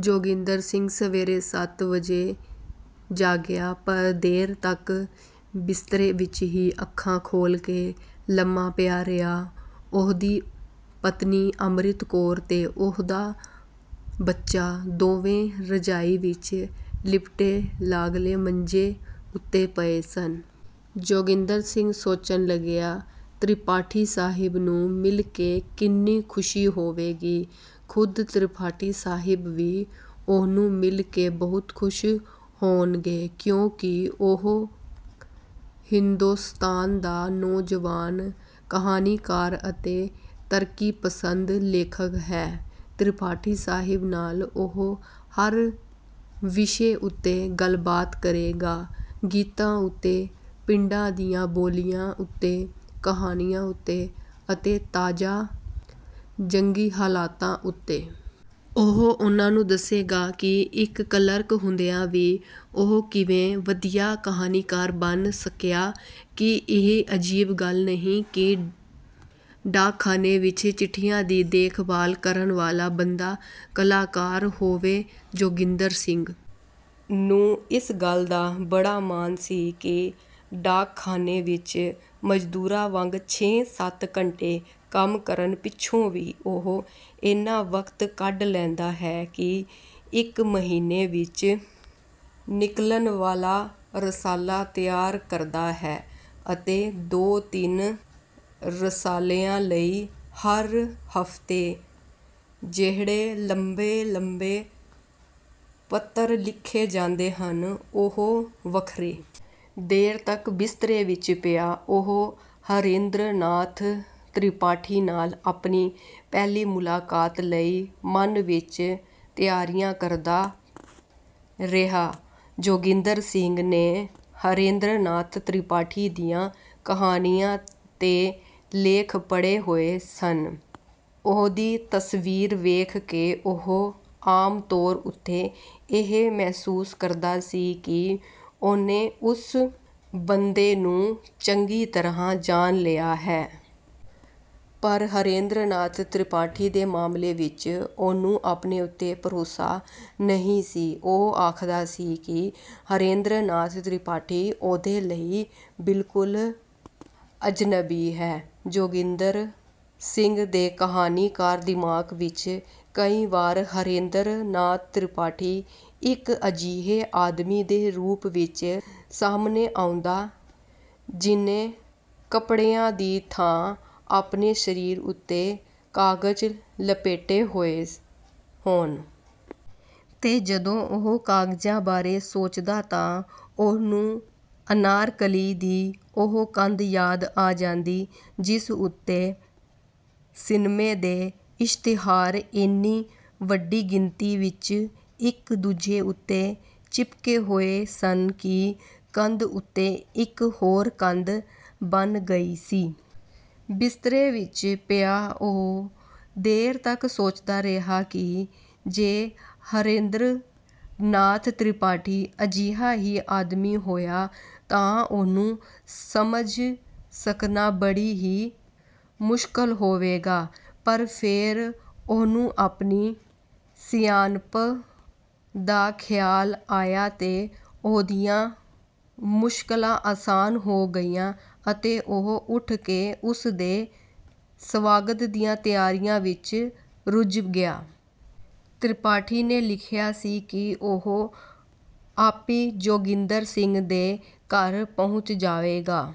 ਜੋਗਿੰਦਰ ਸਿੰਘ ਸਵੇਰੇ ਸੱਤ ਵਜੇ ਜਾਗਿਆ ਪਰ ਦੇਰ ਤਕ ਬਿਸਤਰੇ ਵਿੱਚ ਹੀ ਅੱਖਾਂ ਖੋਲ੍ਹ ਕੇ ਲੰਮਾ ਪਿਆ ਰਿਹਾ। ਉਹਦੀ ਪਤਨੀ ਅੰਮ੍ਰਿਤ ਕੌਰ ਤੇ ਉਹਦਾ ਬੱਚਾ ਦੋਵੇਂ ਰਜਾਈ ਵਿੱਚ ਲਿਪਟੇ ਲਾਗਲੇ ਮੰਜੇ ਉੱਤੇ ਪਏ ਸਨ। ਜੋਗਿੰਦਰ ਸਿੰਘ ਸੋਚਣ ਲੱਗਿਆ, ਤ੍ਰਿਪਾਠੀ ਸਾਹਿਬ ਨੂੰ ਮਿਲ ਕੇ ਕਿੰਨੀ ਖੁਸ਼ੀ ਹੋਵੇਗੀ। ਖੁਦ ਤ੍ਰਿਪਾਠੀ ਸਾਹਿਬ ਵੀ ਉਹਨੂੰ ਮਿਲ ਕੇ ਬਹੁਤ ਖੁਸ਼ ਹੋਣਗੇ ਕਿਉਂਕਿ ਉਹ ਹਿੰਦੋਸਤਾਨ ਦਾ ਨੌਜਵਾਨ ਕਹਾਣੀਕਾਰ ਅਤੇ ਤਰੱਕੀਪਸੰਦ ਲੇਖਕ ਹੈ। ਤ੍ਰਿਪਾਠੀ ਸਾਹਿਬ ਨਾਲ ਉਹ ਹਰ ਵਿਸ਼ੇ ਉੱਤੇ ਗੱਲਬਾਤ ਕਰੇਗਾ, ਗੀਤਾਂ ਉੱਤੇ, ਪਿੰਡਾਂ ਦੀਆਂ ਬੋਲੀਆਂ ਉੱਤੇ, ਕਹਾਣੀਆਂ ਉੱਤੇ ਅਤੇ ਤਾਜ਼ਾ ਜੰਗੀ ਹਾਲਾਤ ਉੱਤੇ। ਉਹ ਉਨ੍ਹਾਂ ਨੂੰ ਦੱਸੇਗਾ ਕਿ ਇੱਕ ਕਲਰਕ ਹੁੰਦਿਆਂ ਵੀ ਉਹ ਕਿਵੇਂ ਵਧੀਆ ਕਹਾਣੀਕਾਰ ਬਣ ਸਕਿਆ। ਕੀ ਇਹ ਅਜੀਬ ਗੱਲ ਨਹੀਂ ਕਿ ਡਾਕਖਾਨੇ ਵਿੱਚ ਚਿੱਠੀਆਂ ਦੀ ਦੇਖਭਾਲ ਕਰਨ ਵਾਲਾ ਬੰਦਾ ਕਲਾਕਾਰ ਹੋਵੇ। ਜੋਗਿੰਦਰ ਸਿੰਘ ਨੂੰ ਇਸ ਗੱਲ ਦਾ ਬੜਾ ਮਾਣ ਸੀ ਕਿ ਡਾਕਖਾਨੇ ਵਿੱਚ ਮਜ਼ਦੂਰਾਂ ਵਾਂਗ ਛੇ-ਸੱਤ ਘੰਟੇ ਕੰਮ ਕਰਨ ਪਿੱਛੋਂ ਵੀ ਉਹ ਇੰਨਾ ਵਕਤ ਕੱਢ ਲੈਂਦਾ ਹੈ ਕਿ ਇੱਕ ਮਹੀਨੇ ਵਿੱਚ ਨਿਕਲਣ ਵਾਲਾ ਰਸਾਲਾ ਤਿਆਰ ਕਰਦਾ ਹੈ ਅਤੇ ਦੋ-ਤਿੰਨ ਰਸਾਲਿਆਂ ਲਈ ਹਰ ਹਫ਼ਤੇ ਜਿਹੜੇ ਲੰਬੇ-ਲੰਬੇ ਪੱਤਰ ਲਿਖੇ ਜਾਂਦੇ ਹਨ, ਉਹ ਵੱਖਰੇ। ਦੇਰ ਤਕ ਬਿਸਤਰੇ ਵਿੱਚ ਪਿਆ ਉਹ ਹਰੇਂਦਰ ਨਾਥ ਤ੍ਰਿਪਾਠੀ ਨਾਲ ਆਪਣੀ ਪਹਿਲੀ ਮੁਲਾਕਾਤ ਲਈ ਮਨ ਵਿੱਚ ਤਿਆਰੀਆਂ ਕਰਦਾ ਰਿਹਾ। ਜੋਗਿੰਦਰ ਸਿੰਘ ਨੇ ਹਰੇਂਦਰ ਨਾਥ ਤ੍ਰਿਪਾਠੀ ਦੀਆਂ ਕਹਾਣੀਆਂ ਤੇ ਲੇਖ ਪੜ੍ਹੇ ਹੋਏ ਸਨ। ਉਹਦੀ ਤਸਵੀਰ ਵੇਖ ਕੇ ਉਹ ਆਮ ਤੌਰ ਉੱਤੇ ਇਹ ਮਹਿਸੂਸ ਕਰਦਾ ਸੀ ਕਿ ਉਹਨੇ ਉਸ ਬੰਦੇ ਨੂੰ ਚੰਗੀ ਤਰ੍ਹਾਂ ਜਾਣ ਲਿਆ ਹੈ। ਪਰ ਹਰੇਂਦਰ ਨਾਥ ਤ੍ਰਿਪਾਠੀ ਦੇ ਮਾਮਲੇ ਵਿੱਚ ਉਹਨੂੰ ਆਪਣੇ ਉੱਤੇ ਭਰੋਸਾ ਨਹੀਂ ਸੀ। ਉਹ ਆਖਦਾ ਸੀ ਕਿ ਹਰੇਂਦਰ ਨਾਥ ਤ੍ਰਿਪਾਠੀ ਉਹਦੇ ਲਈ ਬਿਲਕੁਲ ਅਜਨਬੀ ਹੈ। ਜੋਗਿੰਦਰ ਸਿੰਘ ਦੇ ਕਹਾਣੀਕਾਰ ਦਿਮਾਗ ਵਿੱਚ ਕਈ ਵਾਰ ਹਰੇਂਦਰ ਨਾਥ ਤ੍ਰਿਪਾਠੀ ਇੱਕ ਅਜਿਹੇ ਆਦਮੀ ਦੇ ਰੂਪ ਵਿੱਚ ਸਾਹਮਣੇ ਆਉਂਦਾ ਜੀਹਨੇ ਕੱਪੜਿਆਂ ਦੀ ਥਾਂ ਆਪਣੇ ਸਰੀਰ ਉੱਤੇ ਕਾਗਜ਼ ਲਪੇਟੇ ਹੋਏ ਹੋਣ। ਤੇ ਜਦੋਂ ਉਹ ਕਾਗਜ਼ਾਂ ਬਾਰੇ ਸੋਚਦਾ ਤਾਂ ਉਹਨੂੰ ਅਨਾਰਕਲੀ ਦੀ ਉਹ ਕੰਧ ਯਾਦ ਆ ਜਾਂਦੀ ਜਿਸ ਉੱਤੇ ਸਿਨਮੇ ਦੇ ਇਸ਼ਤਿਹਾਰ ਇੰਨੀ ਵੱਡੀ ਗਿਣਤੀ ਵਿੱਚ ਇੱਕ ਦੂਜੇ ਉੱਤੇ ਚਿਪਕੇ ਹੋਏ ਸਨ ਕਿ ਕੰਧ ਉੱਤੇ ਇੱਕ ਹੋਰ ਕੰਧ ਬਣ ਗਈ ਸੀ। ਬਿਸਤਰੇ ਵਿੱਚ ਪਿਆ ਉਹ ਦੇਰ ਤਕ ਸੋਚਦਾ ਰਿਹਾ ਕਿ ਜੇ ਹਰੇਂਦਰ ਨਾਥ ਤ੍ਰਿਪਾਠੀ ਅਜਿਹਾ ਹੀ ਆਦਮੀ ਹੋਇਆ ਤਾਂ ਉਹਨੂੰ ਸਮਝ ਸਕਣਾ ਬੜਾ ਹੀ ਮੁਸ਼ਕਲ ਹੋਵੇਗਾ। ਪਰ ਫੇਰ ਉਹਨੂੰ ਆਪਣੀ ਸਿਆਣਪ ਦਾ ਖਿਆਲ ਆਇਆ ਤੇ ਉਹਦੀਆਂ ਮੁਸ਼ਕਲਾਂ ਆਸਾਨ ਹੋ ਗਈਆਂ ਅਤੇ ਉਹ ਉੱਠ ਕੇ ਉਸ ਦੇ ਸਵਾਗਤ ਦੀਆਂ ਤਿਆਰੀਆਂ ਵਿੱਚ ਰੁੱਝ ਗਿਆ। ਤ੍ਰਿਪਾਠੀ ਨੇ ਲਿਖਿਆ ਸੀ ਕਿ ਉਹ ਆਪੀਂ ਜੋਗਿੰਦਰ ਸਿੰਘ ਦੇ ਘਰ ਪਹੁੰਚ ਜਾਏਗਾ।